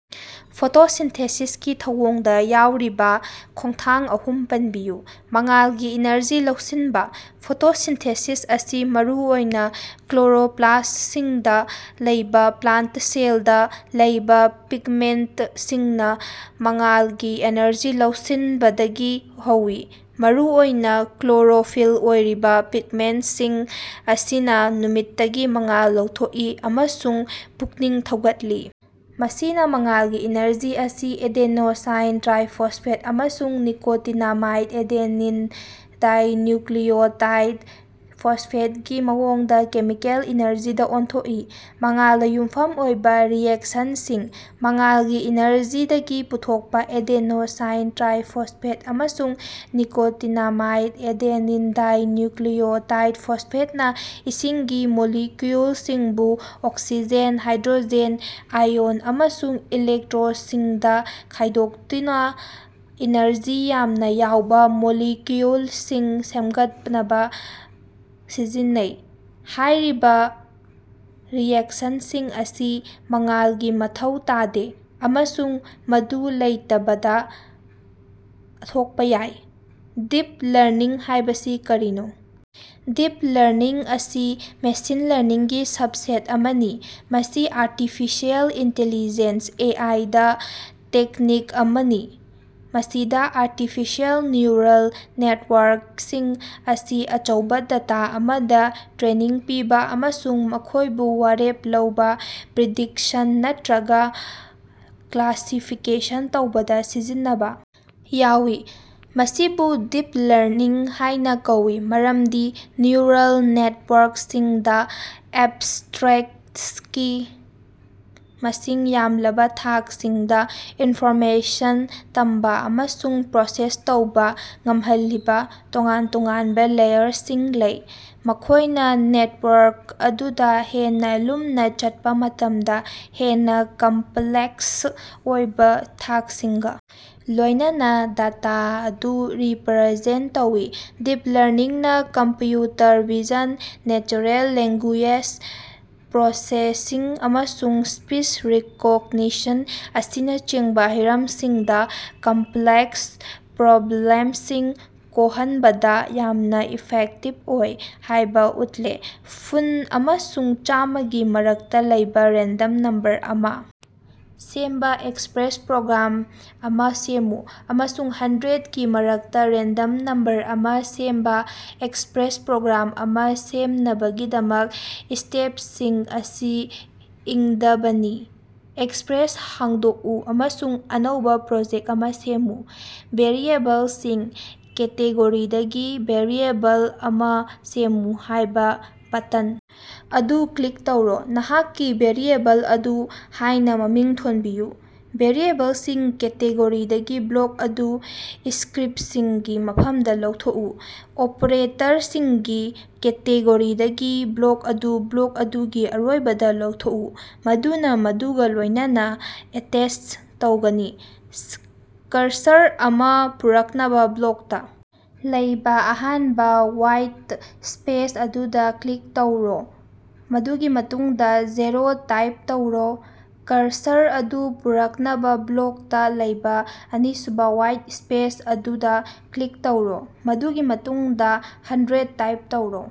ꯐꯣꯇꯣꯁꯤꯟꯊꯦꯁꯤꯁꯀꯤ ꯊꯧꯑꯣꯡꯗꯥ ꯌꯥꯎꯔꯤꯕꯥ ꯈꯣꯡꯊꯥꯡ ꯑꯍꯨꯝ ꯄꯟꯕꯤꯌꯨ꯫ ꯃꯉꯥꯜꯒꯤ ꯏꯅꯔꯖꯤ ꯂꯧꯁꯤꯟꯕꯥ: ꯐꯣꯇꯣꯁꯤꯟꯊꯦꯁꯤꯁ ꯑꯁꯤ ꯃꯔꯨꯑꯣꯏꯅ ꯀ꯭ꯂꯣꯔꯣꯞꯂꯥꯁ꯭ꯇꯁꯤꯡꯗ ꯂꯩꯕ ꯄ꯭ꯂꯥꯟꯇ ꯁꯦꯜꯗꯥ ꯂꯩꯕꯥ ꯄꯤꯒꯃꯦꯟꯇꯁꯤꯡꯅꯥ ꯃꯉꯥꯜꯒꯤ ꯑꯦꯅꯔꯖꯤ ꯂꯧꯁꯤꯅꯕꯗꯒꯤ ꯍꯧꯏ꯫ ꯃꯔꯨꯑꯣꯏꯅꯥ ꯀ꯭ꯂꯣꯔꯣꯐꯤꯜ ꯑꯣꯏꯔꯤꯕ ꯄꯤꯒꯃꯦꯟꯇꯁꯤꯡ ꯑꯁꯤꯅ ꯅꯨꯃꯤꯠꯇꯒꯤ ꯃꯉꯥꯜ ꯂꯧꯊꯣꯛꯏ ꯑꯃꯁꯨꯡ ꯄꯨꯛꯅꯤꯡ ꯊꯧꯒꯠꯂꯤ, ꯃꯁꯤꯅ ꯃꯉꯥꯜꯒꯤ ꯏꯅꯔꯖꯤ ꯑꯁꯤ ꯑꯦꯗꯦꯅꯣꯁꯥꯏꯟ ꯇ꯭ꯔꯥꯏꯐꯣꯁꯐꯦꯠ ꯑꯃꯁꯨꯡ ꯅꯤꯀꯣꯇꯤꯅꯥꯃꯥꯏꯗ ꯑꯦꯗꯦꯅꯤꯟ ꯗꯥꯏꯅꯨꯀꯂꯤꯑꯣꯇꯥꯏꯗ ꯐꯣꯁꯐꯦꯠ ꯒꯤ ꯃꯑꯣꯡꯗ ꯀꯦꯃꯤꯀꯦꯜ ꯏꯅꯔꯖꯤꯗꯥ ꯑꯣꯟꯊꯣꯛꯏ꯫ ꯃꯉꯥꯜꯗꯥ ꯌꯨꯝꯐꯝ ꯑꯣꯏꯕ ꯔꯤꯑꯦꯛꯁꯟꯁꯤꯡ: ꯃꯉꯥꯜꯒꯤ ꯏꯅꯔꯖꯤꯗꯒꯤ ꯄꯨꯊꯣꯛꯄꯥ ꯑꯦꯗꯦꯅꯣꯁꯥꯏꯟ ꯇ꯭ꯔꯥꯏꯐꯣꯁꯐꯦꯠ ꯑꯃꯁꯨꯡ ꯅꯤꯀꯣꯇꯤꯅꯥꯃꯥꯏꯗ ꯑꯦꯗꯦꯅꯤꯟ ꯗꯥꯏꯅꯨꯀꯂꯤꯑꯣꯇꯥꯏꯗ ꯐꯣꯁꯐꯦꯠ ꯅꯥ ꯏꯁꯤꯡꯒꯤ ꯃꯣꯂꯤꯀꯌꯨꯜꯁꯤꯡꯕꯨ ꯑꯣꯛꯁꯤꯖꯦꯟ, ꯍꯥꯏꯗ꯭ꯔꯣꯖꯦꯟ ꯑꯥꯏꯑꯣꯟ ꯑꯃꯁꯨꯡ ꯏꯂꯦꯛꯇꯔꯣꯁꯤꯡꯗꯥ ꯈꯥꯏꯗꯣꯛꯇꯨꯅꯥ ꯏꯅꯔꯖꯤ ꯌꯥꯝꯅ ꯌꯥꯎꯕꯥ ꯃꯣꯂꯤꯀꯌꯨꯜꯁꯤꯡ ꯁꯦꯝꯒꯠꯅꯕꯥ ꯁꯤꯖꯤꯟꯅꯩ꯫ ꯍꯥꯏꯔꯤꯕꯥ ꯔꯤꯑꯦꯛꯁꯟꯁꯤꯡ ꯑꯁꯤ ꯃꯉꯥꯜꯒꯤ ꯃꯊꯧ ꯇꯥꯗꯦ ꯑꯃꯁꯨꯡ ꯃꯗꯨ ꯂꯩꯇꯕꯗꯥ ꯊꯣꯛꯄꯥ ꯌꯥꯏ꯫ ꯗꯤꯞ ꯂꯔꯅꯤꯡ ꯍꯥꯏꯕꯁꯤ ꯀꯔꯤꯅꯣ? ꯗꯤꯞ ꯂꯔꯅꯤꯡ ꯑꯁꯤ ꯃꯦꯁꯤꯟ ꯂꯔꯅꯤꯡꯒꯤ ꯁꯕꯁꯦꯠ ꯑꯃꯅꯤ, ꯃꯁꯤ ꯑꯥꯔꯇꯤꯐꯤꯁꯤꯑꯦꯜ ꯏꯟꯇꯤꯂꯤꯖꯦꯟꯁ (ꯑꯦ. ꯑꯥꯏ.)ꯗꯥ ꯇꯦꯛꯅꯤꯛ ꯑꯃꯅꯤ, ꯃꯁꯤꯗ ꯑꯥꯔꯇꯤꯐꯤꯁꯤꯑꯦꯜ ꯅ꯭ꯌꯨꯔꯜ ꯅꯦꯇꯋꯥꯔꯛꯁꯤꯡ ꯑꯁꯤ ꯑꯆꯧꯕ ꯗꯇꯥ ꯑꯃꯗ ꯇ꯭ꯔꯦꯅꯤꯡ ꯄꯤꯕ ꯑꯃꯁꯨꯡ ꯃꯈꯣꯏꯕꯨ ꯋꯥꯔꯦꯞ ꯂꯧꯕ, ꯄ꯭ꯔꯤꯗꯤꯛꯁꯟ ꯅꯠꯠꯔꯒꯥ ꯀ꯭ꯂꯥꯁꯤꯐꯤꯀꯦꯁꯟ ꯇꯧꯕꯗꯥ ꯁꯤꯖꯤꯟꯅꯕꯥ ꯌꯥꯎꯏ꯫ ꯃꯁꯤꯕꯨ "ꯗꯤꯞ ꯂꯔꯅꯤꯡ" ꯍꯥꯏꯅꯥ ꯀꯧꯏ ꯃꯔꯝꯗꯤ ꯅ꯭ꯌꯨꯔꯜ ꯅꯦꯇꯋꯥꯔꯛꯁꯤꯡꯗꯥ ꯑꯦꯕꯁ꯭ꯠꯔꯦꯛꯁꯒꯤ ꯃꯁꯤꯡ ꯌꯥꯝꯂꯕꯥ ꯊꯥꯛꯁꯤꯡꯗꯥ ꯏꯟꯐꯣꯔꯃꯦꯁꯟ ꯇꯝꯕꯥ ꯑꯃꯁꯨꯡ ꯄ꯭ꯔꯣꯁꯦꯁ ꯇꯧꯕ ꯉꯝꯍꯜꯂꯤꯕ ꯇꯣꯉꯥꯟ-ꯇꯣꯉꯥꯟꯕ ꯂꯦꯌꯔꯁꯤꯡ ꯂꯩ, ꯃꯈꯣꯏꯅꯥ ꯅꯦꯇꯋꯥꯔꯛ ꯑꯗꯨꯗ ꯍꯦꯟꯅ ꯂꯨꯝꯅꯥ ꯆꯠꯄꯥ ꯃꯇꯝꯗ ꯍꯦꯟꯅꯥ ꯀꯝꯄꯂꯦꯛꯁ ꯑꯣꯏꯕ ꯊꯥꯛꯁꯤꯡꯒ ꯂꯣꯏꯅꯅꯥ ꯗꯇꯥ ꯑꯗꯨ ꯔꯤꯄꯔꯖꯦꯟꯇ ꯇꯧꯏ꯫ ꯗꯤꯞ ꯂꯔꯅꯤꯡꯅꯥ computer vision, natural language processing ꯑꯃꯁꯨꯡ ꯁ꯭ꯄꯤꯁ ꯔꯤꯀꯣꯒꯅꯤꯁꯟ ꯑꯁꯤꯅꯆꯤꯡꯕꯥ ꯍꯤꯔꯝꯁꯤꯡꯗꯥ ꯀꯝꯄꯂꯦꯛꯁ ꯄ꯭ꯔꯣꯕ꯭ꯂꯦꯝꯁꯤꯡ ꯀꯣꯍꯟꯕꯗ ꯌꯥꯝꯅꯥ ꯏꯐꯦꯛꯇꯤꯕ ꯑꯣꯏ ꯍꯥꯏꯕꯥ ꯎꯠꯂꯦ꯫ ꯐꯨꯟ ꯑꯃꯁꯨꯡ ꯆꯥꯝꯃꯒꯤ ꯃꯔꯛꯇ ꯂꯩꯕ ꯔꯦꯟꯗꯝ ꯅꯝꯕꯔ ꯑꯃ ꯁꯦꯝꯕ ꯑꯦꯛꯄ꯭ꯔꯦꯁ ꯄ꯭ꯔꯣꯒ꯭ꯔꯥꯝ ꯑꯃ ꯁꯦꯝꯃꯨ꯫ ꯑꯃꯁꯨꯡ ꯍꯟꯗ꯭ꯔꯦꯠꯒꯤ ꯃꯔꯛꯇ ꯔꯦꯟꯗꯝ ꯅꯝꯕꯔ ꯑꯃ ꯁꯦꯝꯕ ꯑꯦꯛꯄ꯭ꯔꯦꯁ ꯄ꯭ꯔꯣꯒ꯭ꯔꯥꯝ ꯑꯃ ꯁꯦꯝꯅꯕꯒꯤꯗꯃꯛ, ꯏꯁꯇꯦꯞꯁꯤꯡ ꯑꯁꯤ ꯏꯪꯗꯕꯅꯤ: ꯑꯦꯛꯄ꯭ꯔꯦꯁ ꯍꯥꯡꯗꯣꯛꯎ ꯑꯃꯁꯨꯡ ꯑꯅꯧꯕ ꯄ꯭ꯔꯣꯖꯦꯛ ꯑꯃ ꯁꯦꯝꯃꯨ꯫ "ꯚꯦꯔꯤꯑꯦꯕꯜꯁꯤꯡ" ꯀꯦꯇꯦꯒꯣꯔꯤꯗꯒꯤ, "ꯚꯦꯔꯤꯑꯦꯕꯜ ꯑꯃ ꯁꯦꯝꯃꯨ" ꯍꯥꯏꯕ ꯕꯇꯟ ꯑꯗꯨ ꯀ꯭ꯂꯤꯛ ꯇꯧꯔꯣ꯫ ꯅꯍꯥꯛꯀꯤ ꯚꯦꯔꯤꯑꯦꯕꯜ ꯑꯗꯨ ꯍꯥꯏꯅ ꯃꯃꯤꯡ ꯊꯣꯟꯕꯤꯌꯨ꯫ ꯚꯦꯔꯤꯑꯦꯕꯜꯁꯤꯡ ꯀꯦꯇꯦꯒꯣꯔꯤꯗꯒꯤ ꯕ꯭ꯂꯣꯛ ꯑꯗꯨ ꯏꯁꯀ꯭ꯔꯤꯞꯁꯤꯡꯒꯤ ꯃꯐꯝꯗ ꯂꯧꯊꯣꯛꯎ꯫ ꯑꯣꯄ꯭ꯔꯦꯇꯔꯁꯤꯡꯒꯤ ꯀꯦꯇꯦꯒꯣꯔꯤꯗꯒꯤ, ꯕ꯭ꯂꯣꯛ ꯑꯗꯨ ꯕ꯭ꯂꯣꯛ ꯑꯗꯨꯒꯤ ꯑꯔꯣꯏꯕꯗ ꯂꯧꯊꯣꯛꯎ, ꯃꯗꯨꯅ ꯃꯗꯨꯒ ꯂꯣꯏꯅꯥꯅ ꯑꯦꯇꯦꯆ ꯇꯧꯒꯅꯤ꯫ ꯀꯔꯁꯔ ꯑꯃ ꯄꯨꯔꯛꯅꯥꯕ ꯕ꯭ꯂꯣꯛꯇ ꯂꯩꯕ ꯑꯍꯥꯟꯕ ꯋꯥꯏꯠ ꯁ꯭ꯄꯦꯁ ꯑꯗꯨꯗ ꯀ꯭ꯂꯤꯛ ꯇꯧꯔꯣ, ꯃꯗꯨꯒꯤ ꯃꯇꯨꯡꯗ ꯖꯦꯔꯣ ꯇꯥꯏꯞ ꯇꯧꯔꯣ, ꯀꯔꯁꯔ ꯑꯗꯨ ꯄꯨꯔꯛꯅꯕ ꯕ꯭ꯂꯣꯛꯇ ꯂꯩꯕ ꯑꯅꯤꯁꯨꯕ ꯋꯥꯏꯠ ꯏꯁꯄꯦꯁ ꯑꯗꯨꯗ ꯀ꯭ꯂꯤꯛ ꯇꯧꯔꯣ, ꯃꯗꯨꯒꯤ ꯃꯇꯨꯡꯗ ꯍꯟꯗ꯭ꯔꯦꯠ ꯇꯥꯏꯞ ꯇꯧꯔꯣ꯫